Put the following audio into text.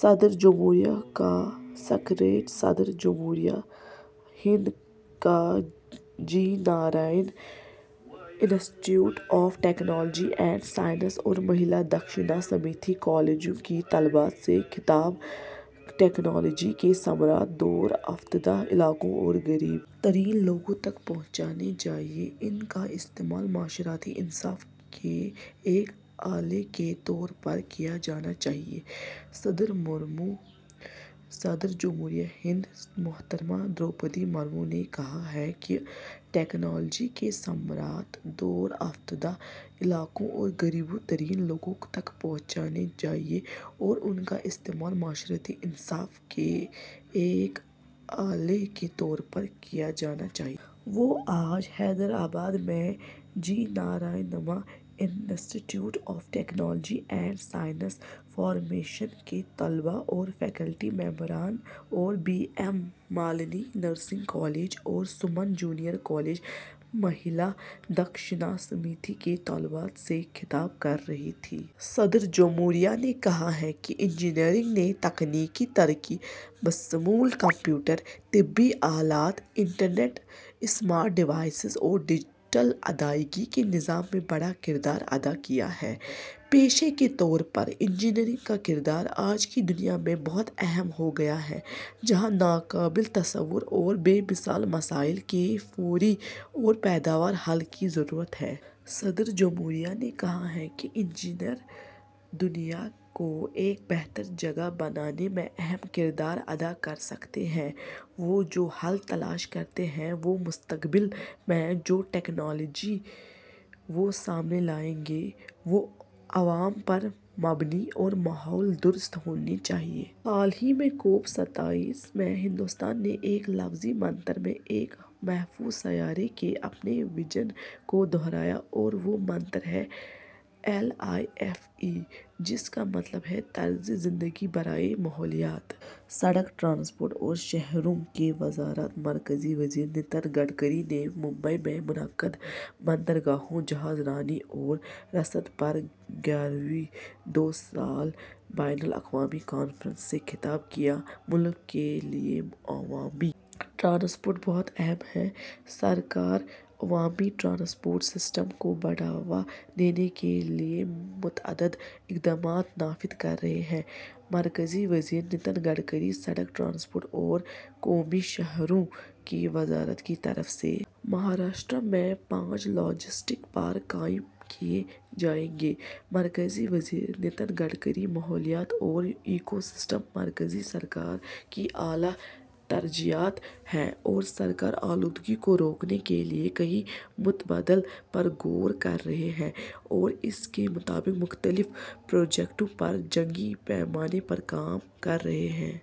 صدر جمہوریہ کا سکریٹریٹ صدر جمہوریہ ہند کا G Narayanamma institute of technology and science اور مہیلا دکشتا سمیتی کالجوں کی طالبات سے خطاب ٹیکنالوجی کے ثمرات دور افتادہ علاقوں اور غریب ترین لوگوں تک پہنچنے چاہئیں؛ ان کا استعمال معاشرتی انصاف کے ایک آلے کے طور پر کیا جانا چاہیے: صدر مرمو صدر جمہوریہ ہند محترمہ دروپدی مرمو نے کہا ہے کہ ٹیکنالوجی کے ثمرات دور افتادہ علاقوں اور غریب ترین لوگوں تک پہنچنے چاہئیں اور ان کا استعمال معاشرتی انصاف کے ایک آلے کے طور پر کیا جانا چاہیے۔ وہ آج حیدرآباد میں G Narayanamma institute of technology and science for women کے طلباء اور فیکلٹی ممبران اور B M Malani nursing college اور سمن جونیئر کالج مہیلا دکشتا سمیتی کی طالبات سے خطاب کر رہی تھیں۔ صدر جمہوریہ نے کہا کہ انجینئرنگ نے تکنیکی ترقی، بشمول کمپیوٹر، طبی آلات، انٹرنیٹ، اسمارٹ ڈیوائسز اور ڈیجیٹل ادائیگی کے نظام، میں بڑا کردار ادا کیا ہے۔ پیشے کے طور پر انجینئرنگ کا کردار آج کی دنیا میں بہت اہم ہو گیا ہے، جہاں ناقابل تصور اور بے مثال مسائل کے فوری اور پائیدار حل کی ضرورت ہے۔ صدر جمہوریہ نے کہا کہ انجینئر دنیا کو ایک بہتر جگہ بنانے میں اہم کردار ادا کر سکتے ہیں۔ وہ جو حل تلاش کرتے ہیں اور مستقبل میں جو ٹیکنالوجیز وہ سامنے لائیں گے، وہ عوام پر مبنی اور ماحول دوست ہونی چاہئیں۔ حال ہی میں کوپ ستائیس میں ہندوستان نے ایک لفظی منتر میں ایک محفوظ سیارے کے اپنے وژن کو دہرایا اور وہ منتر ہے ایل آئی ایف ای، جس کا مطلب ہے طرز زندگی برائے ماحولیات۔ سڑک ٹرانسپورٹ اور شاہراہوں کی وزارت مرکزی وزیر نتن گڈکری نے ممبئی میں منعقد بندرگاہوں، جہاز رانی اور رسد پر گیارہویں دو سالہ بین الاقوامی کانفرنس سے خطاب کیا۔ ملک کے لیے عوامی ٹرانسپورٹ بہت اہم ہے؛ سرکار عوامی ٹرانسپورٹ سسٹم کو بڑھاوا دینے کے لیے متعدد اقدامات نافذ کر رہی ہے: مرکزی وزیر نتن گڈکری سڑک ٹرانسپورٹ اور قومی شاہراہوں کی وزارت کی طرف سے مہاراشٹر میں پانچ لاجسٹکس پارک قائم کیے جائیں گے: مرکزی وزیر نتن گڈکری "ماحولیات اور ایکو سسٹم مرکزی سرکار کی اعلیٰ ترجیحات ہیں اور سرکار آلودگی کو روکنے کے لیے کئی متبادل پر غور کر رہی ہے اور اس کے مطابق مختلف پروجیکٹوں پر جنگی پیمانے پر کام کر رہی ہے۔"